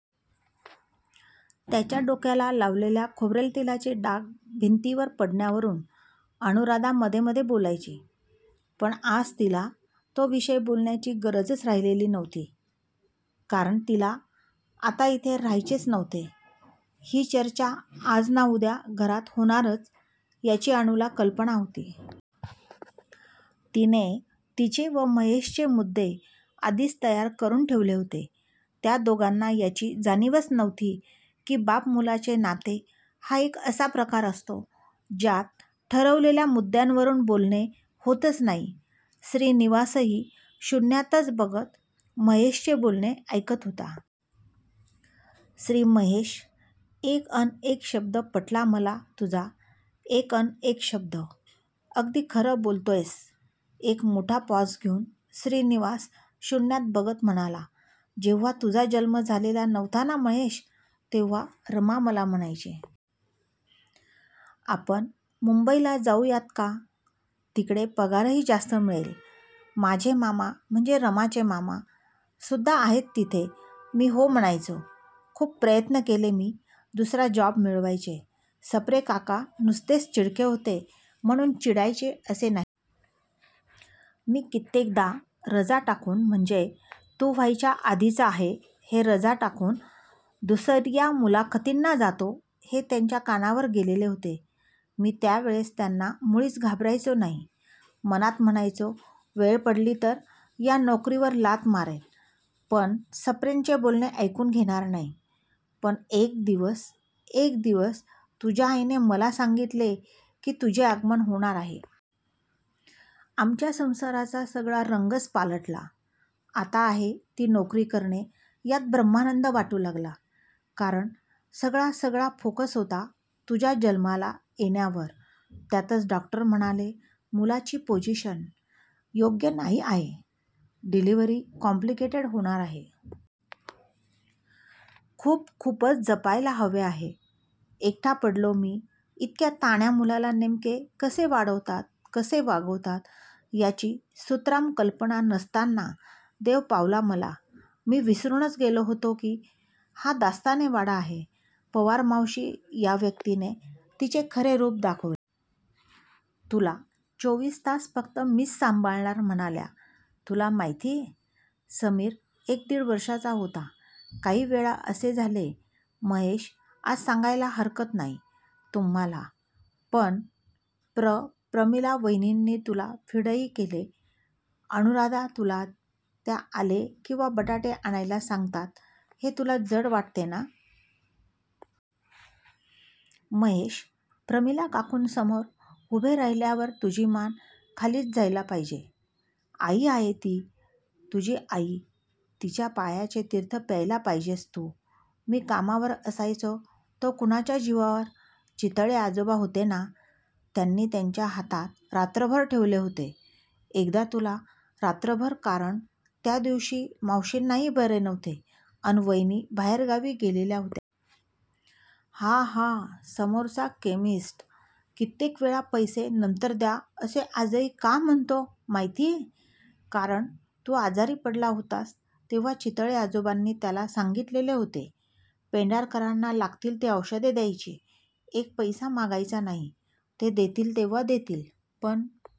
त्याच्या डोक्याला लावलेल्या खोबरेल तेलाचे डाग भिंतीवर पडण्यावरून अनुराधा मधेमधे बोलायची! पण आज तिला तो विषय बोलण्याची गरजच राहिलेली नव्हती! कारण तिला आता इथे राहायचेच नव्हते. ही चर्चा आज ना उद्या घरात होणारच याची अनुला कल्पना होती. तिने तिचे व महेशचे मुद्दे आधीच तयार करून ठेवले होते. त्या दोघांना याची जाणीवच नव्हती, की बाप मुलाचे नाते हा एक असा प्रकार असतो. ज्यात ठरवलेल्या मुद्यांवरून बोलणे होतच नाही. श्रीनिवासही शुन्यातच बघत महेशचे बोलणे ऐकत होता. श्री महेश एक अन एक शब्द पटला मला तुझा एक अन एक शब्द! अगदी खरं बोलतोयस. एक मोठा पॉझ घेऊन श्रीनिवास शुन्यात बघत म्हणाला. जेव्हा तुझा जन्म झालेला नव्हता ना महेश तेव्हा रमा मला म्हणायची. आपण मुंबईला जाऊयात का? तिकडे पगारही जास्त मिळेल. माझे मामा, म्हणजे रमाचे मामा, सुद्धा आहेत तिथे मी हो म्हणायचो. खूप प्रयत्न केले मी दुसरा जॉब मिळवायचे. सप्रेकाका नुसतेच चिडके होते म्हणून चिडायचे असे नाही. मी कित्येकदा रजा टाकून म्हणजे तू व्हायच्या आधीचं आहे हे रजा टाकून दुसर्या मुलाखतींना जातो हे त्यांच्या कानावर गेलेले होते. मी त्यावेळेस त्यांना मुळीच घाबरायचो नाही. मनात म्हणायचो. वेळ पडली तर या नोकरीवर लाथ मारेन, पण सप्रेंचे बोलणे ऐकून घेणार नाही पण एक दिवस एक दिवस तुझ्या आईने मला सांगीतले, की तुझे आगमन होणार आहे. आमच्या संसाराचा सगळा रंगच पालटला. आता आहे ती नोकरी करणे यात ब्रह्मानंद वाटू लागला. कारण सगळा सगळा फोकस होता तुझ्या जन्माला येण्यावर त्यातच डॉक्टर म्हणाले. मूलाची पोझिशन योग्य नाही आहे... डिलीव्हरी कॉम्प्लिकेटेड होणार आहे. खूप खूपच जपायला हवे आहे. एकटा पडलो मी इतक्या तान्ह्या मुलाला नेमके कसे वाढवतात, कसे वागवतात याची सुतराम कल्पना नसताना देव पावला मला मी विसरूनच गेलो होतो की हा दास्ताने वाडा आहे. पवार मावशी या व्यक्तीने तिचे खरे रूप दाखवले. तुला चोवीस तास फक्त मीच सांभाळणार म्हणाल्या. तुला माहितीय? समीर एक दिड वर्षाचा होता. काही वेळा असे झाले महेश आज सांगायला हरकत नाही तुम्हाला पण प्र प्रमिला वहिनींनी तुला फीडही केले. अनुराधा तुला त्या आले किंवा बटाटे आणायला सांगतात हे तुला जड वाटते ना?? महेश प्रमिला काकू समोर उभे राहिल्यावर तुझी मान खालीच जायला पाहिजे. आई आहे ती तुझी आई तिच्या पायांचे तीर्थ प्यायला पाहिजेस तू मी कामावर असायचो तो कुणाच्या जीवावर? चितळे आजोबा होते ना? त्यांनी त्यांच्या हातात रात्रभर ठेवले होते एकदा तुला रात्रभर कारण त्या दिवशी मावशींनाही बरे नव्हते अन वहिनी बाहेरगावी गेलेल्या होत्या. हा हा समोरचा केमिस्ट कित्येकवेळा पैसे नंतर द्या असे आजही का म्हणतो माहितीय? कारण तू आजारी पडला होतास तेव्हा चितळे आजोबांनी त्याला सांगीतलेले होते. पेंढारकरांना लागतील ती औषधे द्यायची. एक पैसा मागायचा नाही. ते देतील तेव्हा देतील, पण